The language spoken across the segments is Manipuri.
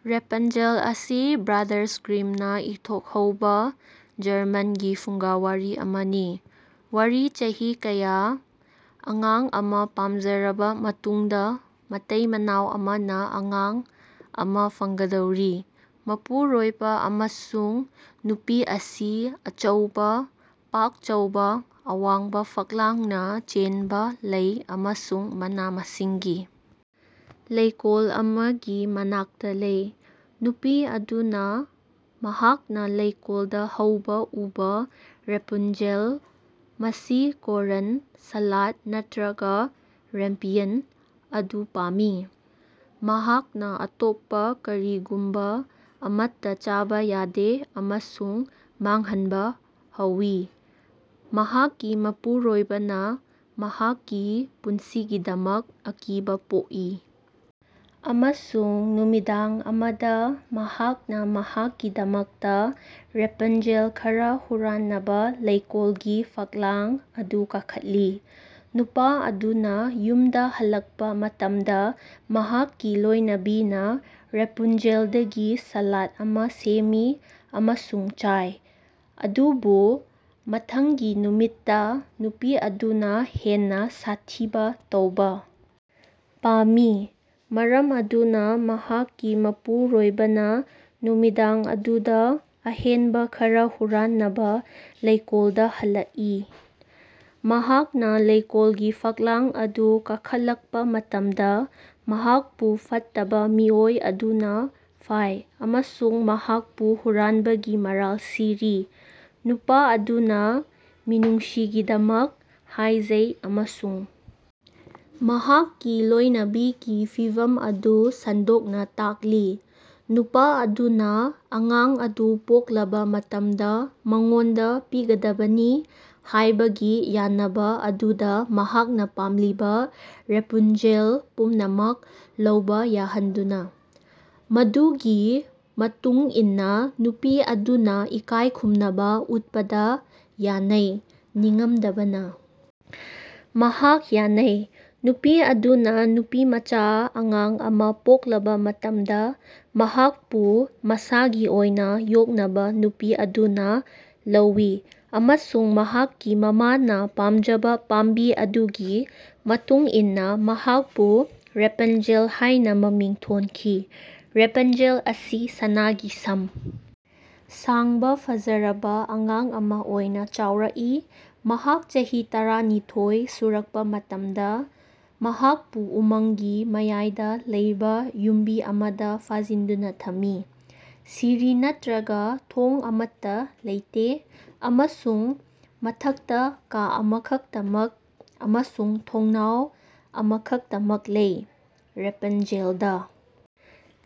ꯔꯦꯄꯟꯖꯦꯜ ꯑꯁꯤ ꯕ꯭ꯔꯥꯗꯔꯁ ꯒ꯭ꯔꯤꯝꯅ ꯏꯊꯣꯛꯍꯧꯕ ꯖꯔꯃꯟꯒꯤ ꯐꯨꯡꯒꯥꯋꯥꯔꯤ ꯑꯃꯅꯤ꯫ ꯋꯥꯔꯤ ꯆꯍꯤ ꯀꯌꯥ ꯑꯉꯥꯡ ꯑꯃꯥ ꯄꯥꯝꯖꯔꯕ ꯃꯇꯨꯡꯗ, ꯃꯇꯩ-ꯃꯅꯥꯎ ꯑꯃꯅ ꯑꯉꯥꯡ ꯑꯃꯥ ꯐꯪꯒꯗꯧꯔꯤ꯫ ꯃꯄꯨꯔꯣꯏꯕ ꯑꯃꯁꯨꯡ ꯅꯨꯄꯤ ꯑꯁꯤ ꯑꯆꯧꯕ, ꯄꯥꯛ ꯆꯥꯎꯕ, ꯑꯋꯥꯡꯕ ꯐꯛꯂꯥꯡꯅ ꯆꯦꯟꯕ ꯂꯩ ꯑꯃꯁꯨꯡ ꯃꯅꯥ-ꯃꯁꯤꯡꯒꯤ ꯂꯩꯀꯣꯜ ꯑꯃꯒꯤ ꯃꯅꯥꯛꯇ ꯂꯩ꯫ ꯅꯨꯄꯤ ꯑꯗꯨꯅ ꯃꯍꯥꯛꯅ ꯂꯩꯀꯣꯜꯗ ꯍꯧꯕ ꯎꯕ ꯔꯦꯄꯨꯟꯖꯦꯜ (ꯃꯁꯤ ꯀꯣꯔ꯭ꯟ ꯁꯥꯂꯥꯗ ꯅꯠꯇ꯭ꯔꯥꯒ ꯔꯦꯝꯄꯤꯌꯟ) ꯑꯗꯨ ꯄꯥꯝꯃꯤ꯫ ꯃꯍꯥꯛꯅ ꯑꯇꯣꯞꯄ ꯀꯔꯤꯒꯨꯝꯕ ꯑꯃꯠꯇ ꯆꯥꯕ ꯌꯥꯗꯦ ꯑꯃꯁꯨꯡ ꯃꯥꯡꯍꯟꯕ ꯍꯧꯋꯤ꯫ ꯃꯍꯥꯛꯀꯤ ꯃꯄꯨꯔꯣꯏꯕꯅ ꯃꯍꯥꯛꯀꯤ ꯄꯨꯟꯁꯤꯒꯤꯗꯃꯛ ꯑꯀꯤꯕ ꯄꯣꯛꯏ ꯑꯃꯁꯨꯡ ꯅꯨꯃꯤꯗꯥꯡ ꯑꯃꯗ, ꯃꯍꯥꯛꯅ ꯃꯍꯥꯛꯀꯤꯗꯃꯛꯇ ꯔꯦꯄꯟꯖꯦꯜ ꯈꯔ ꯍꯨꯔꯥꯟꯅꯕ ꯂꯩꯀꯣꯜꯒꯤ ꯐꯛꯂꯥꯡ ꯑꯗꯨ ꯀꯥꯈꯠꯂꯤ꯫ ꯅꯨꯄꯥ ꯑꯗꯨꯅ ꯌꯨꯝꯗ ꯍꯜꯂꯛꯄ ꯃꯇꯝꯗ, ꯃꯍꯥꯛꯀꯤ ꯂꯣꯏꯅꯕꯤꯅ ꯔꯦꯄꯨꯟꯖꯦꯜꯗꯒꯤ ꯁꯥꯂꯥꯗ ꯑꯃ ꯁꯦꯝꯃꯤ ꯑꯃꯁꯨꯡ ꯆꯥꯏ꯫ ꯑꯗꯨꯕꯨ ꯃꯊꯪꯒꯤ ꯅꯨꯃꯤꯠꯇ, ꯅꯨꯄꯤ ꯑꯗꯨꯅ ꯍꯦꯟꯅ ꯁꯥꯊꯤꯕ ꯇꯧꯕ ꯄꯥꯝꯃꯤ, ꯃꯔꯝ ꯑꯗꯨꯅ ꯃꯍꯥꯛꯀꯤ ꯃꯄꯨꯔꯣꯏꯕꯅ ꯅꯨꯃꯤꯗꯥꯡ ꯑꯗꯨꯗ ꯑꯍꯦꯟꯕ ꯈꯔ ꯍꯨꯔꯥꯟꯅꯕ ꯂꯩꯀꯣꯜꯗ ꯍꯜꯂꯛꯏ꯫ ꯃꯍꯥꯛꯅ ꯂꯩꯀꯣꯜꯒꯤ ꯐꯛꯂꯥꯡ ꯑꯗꯨ ꯀꯥꯈꯠꯂꯛꯄ ꯃꯇꯝꯗ, ꯃꯍꯥꯛꯄꯨ ꯐꯠꯇꯕ ꯃꯤꯑꯣꯏ ꯑꯗꯨꯅ ꯐꯥꯏ ꯑꯃꯁꯨꯡ ꯃꯍꯥꯛꯄꯨ ꯍꯨꯔꯥꯟꯕꯒꯤ ꯃꯔꯥꯜ ꯁꯤꯔꯤ꯫ ꯅꯨꯄꯥ ꯑꯗꯨꯅ ꯃꯤꯅꯨꯡꯁꯤꯒꯤꯗꯃꯛ ꯍꯥꯏꯖꯩ ꯑꯃꯁꯨꯡ ꯃꯍꯥꯛꯀꯤ ꯂꯣꯏꯅꯕꯤꯒꯤ ꯐꯤꯚꯝ ꯑꯗꯨ ꯁꯟꯗꯣꯛꯅ ꯇꯥꯛꯂꯤ꯫ ꯅꯨꯄꯥ ꯑꯗꯨꯅ ꯑꯉꯥꯡ ꯑꯗꯨ ꯄꯣꯛꯂꯕ ꯃꯇꯝꯗ ꯃꯉꯣꯟꯗ ꯄꯤꯒꯗꯕꯅꯤ ꯍꯥꯏꯕꯒꯤ ꯌꯥꯅꯕ ꯑꯗꯨꯗ ꯃꯍꯥꯛꯅ ꯄꯥꯝꯂꯤꯕ ꯔꯦꯄꯨꯟꯖꯦꯜ ꯄꯨꯝꯅꯃꯛ ꯂꯧꯕ ꯌꯥꯍꯟꯗꯨꯅ, ꯃꯗꯨꯒꯤ ꯃꯇꯨꯡ ꯏꯟꯅ ꯅꯨꯄꯤ ꯑꯗꯨꯅ ꯏꯀꯥꯏ ꯈꯨꯝꯅꯕ ꯎꯠꯄꯗ ꯌꯥꯅꯩ꯫ ꯅꯤꯡꯉꯝꯗꯕꯅ, ꯃꯍꯥꯛ ꯌꯥꯅꯩ꯫ ꯅꯨꯄꯤ ꯑꯗꯨꯅ ꯅꯨꯄꯤꯃꯆꯥ ꯑꯉꯥꯡ ꯑꯃꯥ ꯄꯣꯛꯂꯕ ꯃꯇꯝꯗ, ꯃꯍꯥꯛꯄꯨ ꯃꯁꯥꯒꯤ ꯑꯣꯏꯅ ꯌꯣꯛꯅꯕ ꯅꯨꯄꯤ ꯑꯗꯨꯅ ꯂꯧꯋꯤ ꯑꯃꯁꯨꯡ ꯃꯍꯥꯛꯀꯤ ꯃꯃꯥꯅ ꯄꯥꯝꯖꯕ ꯄꯥꯝꯕꯤ ꯑꯗꯨꯒꯤ ꯃꯇꯨꯡ ꯏꯟꯅ ꯃꯍꯥꯛꯄꯨ ꯔꯦꯄꯟꯖꯦꯜ ꯍꯥꯏꯅ ꯃꯃꯤꯡ ꯊꯣꯟꯈꯤ꯫ ꯔꯦꯄꯟꯖꯦꯜ ꯑꯁꯤ ꯁꯅꯥꯒꯤ ꯁꯝ ꯁꯥꯡꯕ ꯐꯖꯔꯕ ꯑꯉꯥꯡ ꯑꯃ ꯑꯣꯏꯅ ꯆꯥꯎꯔꯛꯏ꯫ ꯃꯍꯥꯛ ꯆꯍꯤ ꯇꯔꯥꯅꯤꯊꯣꯏ ꯁꯨꯔꯛꯄ ꯃꯇꯝꯗ, ꯃꯍꯥꯛꯄꯨ ꯎꯃꯪꯒꯤ ꯃꯌꯥꯏꯗ ꯂꯩꯕ ꯌꯨꯝꯕꯤ ꯑꯃꯗ ꯐꯥꯖꯤꯟꯗꯨꯅ ꯊꯝꯃꯤ, ꯁꯤꯔꯤ ꯅꯠꯇ꯭ꯔꯥꯒ ꯊꯣꯡ ꯑꯃꯠꯇ ꯂꯩꯇꯦ, ꯑꯃꯁꯨꯡ ꯃꯊꯛꯇ ꯀꯥ ꯑꯃꯈꯛꯇꯃꯛ ꯑꯃꯁꯨꯡ ꯊꯣꯡꯅꯥꯎ ꯑꯃꯈꯛꯇꯃꯛ ꯂꯩ꯫ ꯔꯦꯄꯟꯖꯦꯜꯗ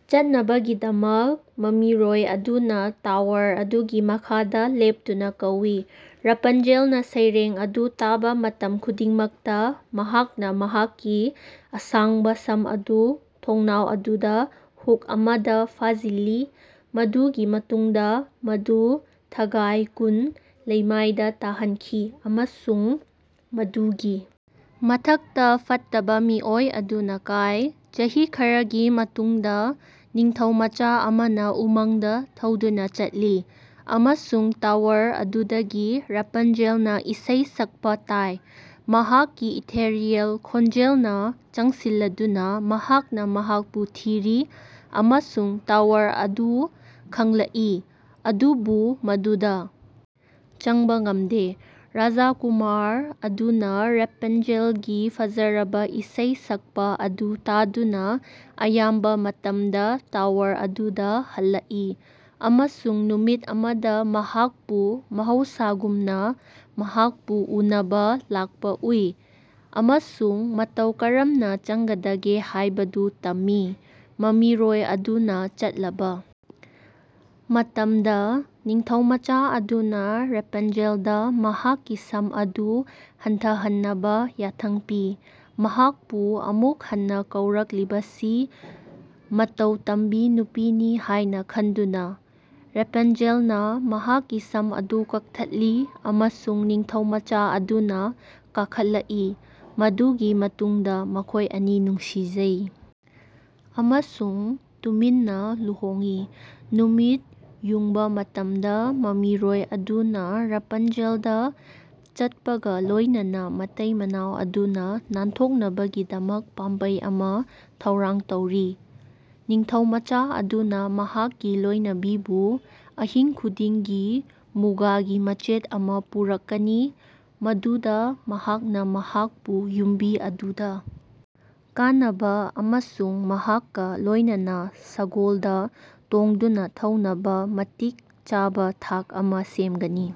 ꯆꯠꯅꯕꯒꯤꯗꯃꯛ, ꯃꯃꯤꯔꯣꯏ ꯑꯗꯨꯅ ꯇꯋꯥꯔ ꯑꯗꯨꯒꯤ ꯃꯈꯥꯗ ꯂꯦꯞꯇꯨꯅ ꯀꯧꯏ: ꯔꯥꯄꯟꯖꯦꯜꯅ ꯁꯩꯔꯦꯡ ꯑꯗꯨ ꯇꯥꯕ ꯃꯇꯝ ꯈꯨꯗꯤꯡꯃꯛꯇ, ꯃꯍꯥꯛꯅ ꯃꯍꯥꯛꯀꯤ ꯑꯁꯥꯡꯕ ꯁꯝ ꯑꯗꯨ ꯊꯣꯡꯅꯥꯎ ꯑꯗꯨꯗ ꯍꯨꯛ ꯑꯃꯗ ꯐꯥꯖꯤꯜꯂꯤ ꯃꯗꯨꯒꯤ ꯃꯇꯨꯡꯗ ꯃꯗꯨ ꯊꯒꯥꯏ ꯀꯨꯟ ꯂꯩꯃꯥꯏꯗ ꯇꯥꯍꯟꯈꯤ, ꯑꯃꯁꯨꯡ ꯃꯗꯨꯒꯤ ꯃꯊꯛꯇ ꯐꯠꯇꯕ ꯃꯤꯑꯣꯏ ꯑꯗꯨꯅ ꯀꯥꯏ꯫ ꯆꯍꯤ ꯈꯔꯒꯤ ꯃꯇꯨꯡꯗ, ꯅꯤꯡꯊꯧꯃꯆꯥ ꯑꯃꯅ ꯎꯃꯪꯗ ꯊꯧꯗꯨꯅ ꯆꯠꯂꯤ ꯑꯃꯁꯨꯡ ꯇꯋꯥꯔ ꯑꯗꯨꯗꯒꯤ ꯔꯦꯄꯟꯖꯦꯜꯅ ꯏꯁꯩ ꯁꯛꯄ ꯇꯥꯏ꯫ ꯃꯍꯥꯛꯀꯤ ꯏꯊꯦꯔꯤꯌꯦꯜ ꯈꯣꯟꯖꯦꯜꯅ ꯆꯪꯁꯤꯜꯂꯗꯨꯅ, ꯃꯍꯥꯛꯅ ꯃꯍꯥꯛꯄꯨ ꯊꯤꯔꯤ ꯑꯃꯁꯨꯡ ꯇꯋꯥꯔ ꯑꯗꯨ ꯈꯪꯂꯛꯏ, ꯑꯗꯨꯕꯨ ꯃꯗꯨꯗ ꯆꯪꯕ ꯉꯝꯗꯦ꯫ ꯔꯥꯖꯀꯨꯃꯥꯔ ꯑꯗꯨꯅ ꯔꯦꯄꯟꯖꯦꯜꯒꯤ ꯐꯖꯔꯕ ꯏꯁꯩ ꯁꯛꯄ ꯑꯗꯨ ꯇꯥꯗꯨꯅ ꯑꯌꯥꯝꯕ ꯃꯇꯝꯗ ꯇꯋꯥꯔ ꯑꯗꯨꯗ ꯍꯜꯂꯛꯏ, ꯑꯃꯁꯨꯡ ꯅꯨꯃꯤꯠ ꯑꯃꯗ ꯃꯍꯥꯛꯄꯨ ꯃꯍꯧꯁꯥꯒꯨꯝꯅ ꯃꯍꯥꯛꯄꯨ ꯎꯅꯕ ꯂꯥꯛꯄ ꯎꯏ ꯑꯃꯁꯨꯡ ꯃꯇꯧ ꯀꯔꯝꯅ ꯆꯪꯒꯗꯒꯦ ꯍꯥꯏꯕꯗꯨ ꯇꯝꯃꯤ꯫ ꯃꯃꯤꯔꯣꯏ ꯑꯗꯨꯅ ꯆꯠꯂꯕ ꯃꯇꯝꯗ, ꯅꯤꯡꯊꯧꯃꯆꯥ ꯑꯗꯨꯅ ꯔꯦꯄꯟꯖꯦꯜꯗ ꯃꯍꯥꯛꯀꯤ ꯁꯝ ꯑꯗꯨ ꯍꯟꯊꯍꯟꯅꯕ ꯌꯥꯊꯪ ꯄꯤ꯫ ꯃꯍꯥꯛꯄꯨ ꯑꯃꯨꯛ ꯍꯟꯅ ꯀꯧꯔꯛꯂꯤꯕꯁꯤ ꯃꯇꯧ ꯇꯝꯕꯤ ꯅꯨꯄꯤꯅꯤ ꯍꯥꯏꯅ ꯈꯟꯗꯨꯅ, ꯔꯦꯄꯟꯖꯦꯜꯅ ꯃꯍꯥꯛꯀꯤ ꯁꯝ ꯑꯗꯨ ꯀꯛꯊꯠꯂꯤ ꯑꯃꯁꯨꯡ ꯅꯤꯡꯊꯧꯃꯆꯥ ꯑꯗꯨꯅ ꯀꯥꯈꯠꯂꯛꯏ꯫ ꯃꯗꯨꯒꯤ ꯃꯇꯨꯡꯗ ꯃꯈꯣꯏ ꯑꯅꯤ ꯅꯨꯡꯁꯤꯖꯩ ꯑꯃꯁꯨꯡ ꯇꯨꯃꯤꯟꯅ ꯂꯨꯍꯣꯡꯏ꯫ ꯅꯨꯃꯤꯠ ꯌꯨꯡꯕ ꯃꯇꯝꯗ ꯃꯃꯤꯔꯣꯏ ꯑꯗꯨꯅ ꯔꯥꯄꯟꯖꯦꯜꯗ ꯆꯠꯄꯒ ꯂꯣꯏꯅꯅ, ꯃꯇꯩ-ꯃꯅꯥꯎ ꯑꯗꯨꯅ ꯅꯥꯟꯊꯣꯛꯅꯕꯒꯤ ꯄꯥꯝꯕꯩ ꯑꯃ ꯊꯧꯔꯥꯡ ꯇꯧꯔꯤ: ꯅꯤꯡꯊꯧꯃꯆꯥ ꯑꯗꯨꯅ ꯃꯍꯥꯛꯀꯤ ꯂꯣꯏꯅꯕꯤꯕꯨ ꯑꯍꯤꯡ ꯈꯨꯗꯤꯡꯒꯤ ꯃꯨꯒꯥꯒꯤ ꯃꯆꯦꯠ ꯑꯃ ꯄꯨꯔꯛꯀꯅꯤ ꯃꯗꯨꯗ ꯃꯍꯥꯛꯅ ꯃꯍꯥꯛꯄꯨ ꯌꯨꯝꯕꯤ ꯑꯗꯨꯗ ꯀꯥꯅꯕ ꯑꯃꯁꯨꯡ ꯃꯍꯥꯛꯀ ꯂꯣꯏꯅꯅ ꯁꯒꯣꯜꯗ ꯇꯣꯡꯗꯨꯅ ꯊꯧꯅꯕ ꯃꯇꯤꯛ ꯆꯥꯕ ꯊꯥꯛ ꯑꯃ ꯁꯦꯝꯒꯅꯤ꯫